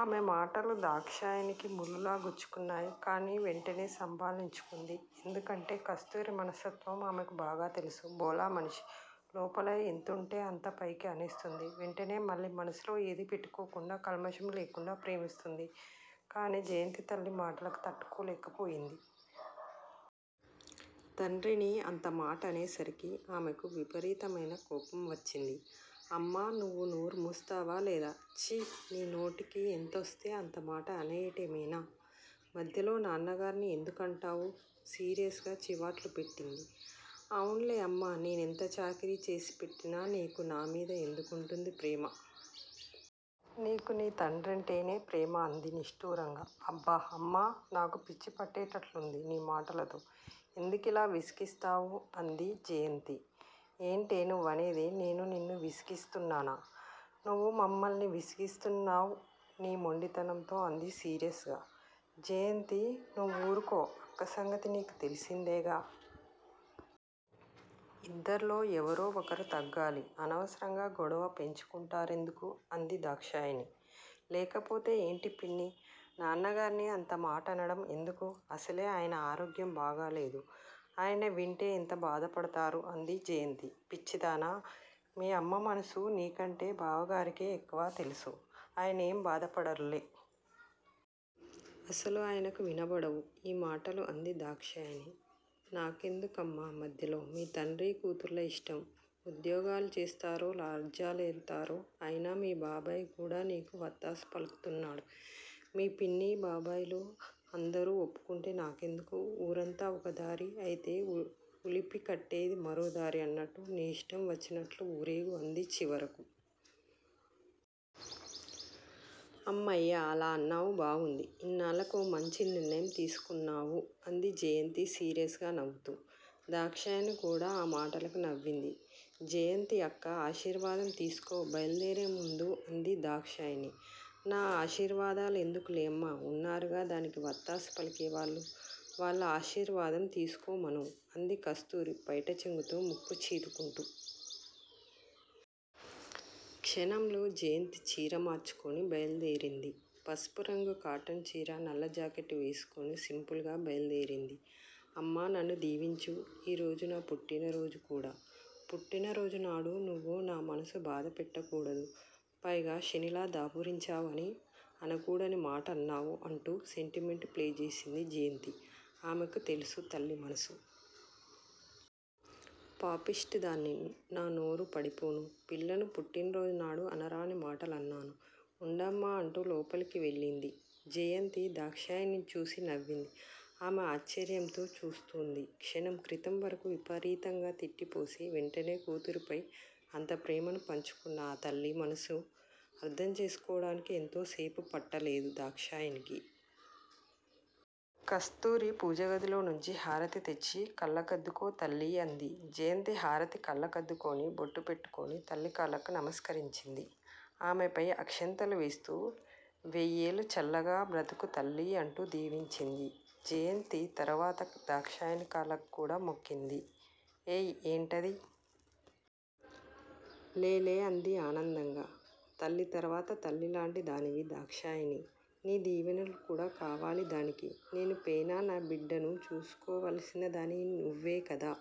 ఆమె మాటలు దాక్షాయణికి ముళ్ళులా గుచ్చుకున్నాయి. కానీ వెంటనే సంభాళించుకుంది. ఎందుకంటే కస్తూరి మనస్తత్వం ఆమెకు బాగా తెలుసు, భోళా మనిషి. లోపల ఎంతుంటే అంత పైకి అనేస్తుంది. వెంటనే మళ్ళీ మనసులో ఏది పెట్టుకోకుండా కల్మషం లేకుండా ప్రేమిస్తుంది. కానీ జయంతి తల్లి మాటలకు తట్టుకోలేకపోయింది. తండ్రిని అంత మాటనేసరికి ఆమెకు విపరీతమైన కోపం వచ్చింది. అమ్మా, నువ్వు నోరు ముస్తావా లేదా? చీ నీ నోటికి ఎంతోస్తే అంతమాట అనేయటమేనా? మధ్యలో నాన్నగారిని ఎందుకంటావు? సీరియస్ గా చివాట్లు పెట్టింది. అవున్లేమ్మా! నేనెంత చాకిరీ చేసి పెట్టినా నీకు నామీద ఎందుకుంటుంది ప్రేమ? నీకు నీ తండ్రంటేనే ప్రేమ అంది నిష్టురంగా. అబ్బా అమ్మా! నాకు పిచ్చిపట్టేట్లుంది నీ మాటలతో, ఎందుకిలా విసిగిస్తావు? అంది జయంతి. ఏంటే నువ్వనేది, నేను నిన్ను విసిగిస్తున్నానా? నువ్వు మమ్మల్ని విసిగిస్తున్నావ్ నీ మొండితనంతో అంది సీరియస్ గా. జయంతి నువ్వూరుకో అక్క సంగతి నీకు తెలిసిందేగా! ఇద్దర్లో ఎవరో ఒకరు తగ్గాలి. అనవసరంగా గొడవ పెంచుకుంటారెందుకు? అంది దాక్షాయణి. లేకపోతే ఏంటి పిన్నీ! నాన్నగార్ని అంతమాటనటం ఎందుకు? అసలే అయన ఆరోగ్యం బాగాలేదు. అయన వింటే ఎంత బాధపడతారు? అంది జయంతి. పిచ్చిదానా! మీ అమ్మమనసు నీకంటే బావగారికే ఎక్కువ తెల్సు, ఆయనేం బాధపడరులే! అసలు ఆయనకు వినపడవు ఈ మాటలు అంది దాక్షాయణి. నాకేండుకమ్మా మధ్యలో! మీ తండ్రి కూతుళ్ళ ఇష్టం, ఉద్యోగాలు చేస్తారో, రాజ్యాలేలతారో, అయినా మీ బాబాయ్ కూడా నీకు వత్తాసు పలుకుతున్నాడు, మీ పిన్ని, బాబాయ్ లు, అందరూ ఒప్పుకుంటే నాకెందుకు? ఊరంతా ఒకదారి, అయితే ఉలిపికట్టేది మరోదారి అన్నట్లు నీ ఇష్టం వచ్చినట్లు ఊరేగు అంది చివరకు. అమ్మయ్యా! అలా అన్నావు బాగుంది. ఇన్నాళ్ళకు ఓ మంచి నిర్ణయం తీసుకున్నావు అంది జయంతి సీరియస్ గా నవ్వుతూ. దాక్షాయణి కూడా ఆ మాటలకు నవ్వింది. జయంతీ! అక్క ఆశీర్వాదం తీసుకో బయల్దేరే ముందు అంది దాక్షాయణి. నా ఆశీర్వాదాలెందుకులేమ్మా! ఉన్నారుగా దానికి వత్తాసుపలికే వాళ్ళు, వాళ్ళ ఆశీర్వాదం తిసుకోమను: అంది కస్తూరి పైట చెంగుతో ముక్కు చీదుకుంటు. క్షణంలో జయంతి చీర మార్చుకుని బయలుదేరింది. పసుపురంగు కాటన్చీర, నల్లజాకెట్ వేసుకుని సింపుల్ గా బయలుదేరింది. అమ్మా నన్ను దీవించు. ఈరోజు నా పుట్టినరోజు కూడా పుట్టిన రోజునాడు నువ్వు నా మనసు బాధపెట్టకూడదు. పైగా శనిలా దాపురించావు అని అనకూడనిమాటన్నావు అంటూ సెంటిమెంట్ ప్లే చేసింది జయంతి ఆమెకు తెలుసు తల్లి మనసు. పాపిష్టిదాన్ని, నా నోరు పడిపోనూ పిల్లను పుట్టినరోజునాడు అనరాని మాటలన్నాను, ఉండమ్మా అంటూ లోపలికి వెళ్ళింది. జయంతి దాక్షాయణిని చూసి నవ్వింది. ఆమె ఆశ్చర్యంతో చూస్తుంది. క్షణం క్రితం వరకూ విపరీతంగా తిట్టిపోసి, వెంటనే కూతురిపై అంత ప్రేమను పంచుతున్న ఆ తల్లి మనసు అర్ధం చేసుకోవటానికి ఎంతో సేపు పట్టలేదు దాక్షాయణికి. కస్తూరి పూజగదిలో నుంచి హారతి తెచ్చి కళ్ళకద్దుకో తల్లి అంది. జయంతి హారతి కళ్ళ కద్దుకుని, బొట్టుపెట్టుకుని, తల్లి కాళ్ళకు నమస్కరించింది. ఆమెపై అక్షింతలు వేస్తూ- వెయ్యేళ్ళు చల్లగా బ్రతుకు తల్లి అంటూ దీవించింది. జయంతి తరువాత దాక్షాయణి కాళ్ళకు కూడా మొక్కింది. ఏయ్ ఏంటిది? లేలే అంది ఆనందంగా. తల్లి తరువాత తల్లి లాంటిదానివి దాక్షాయణి! నీ దీవెనలు కూడా కావాలి దానికి. నేను పోయినా నా బిడ్డను చూసుకోవలసినదానివి నువ్వేకదా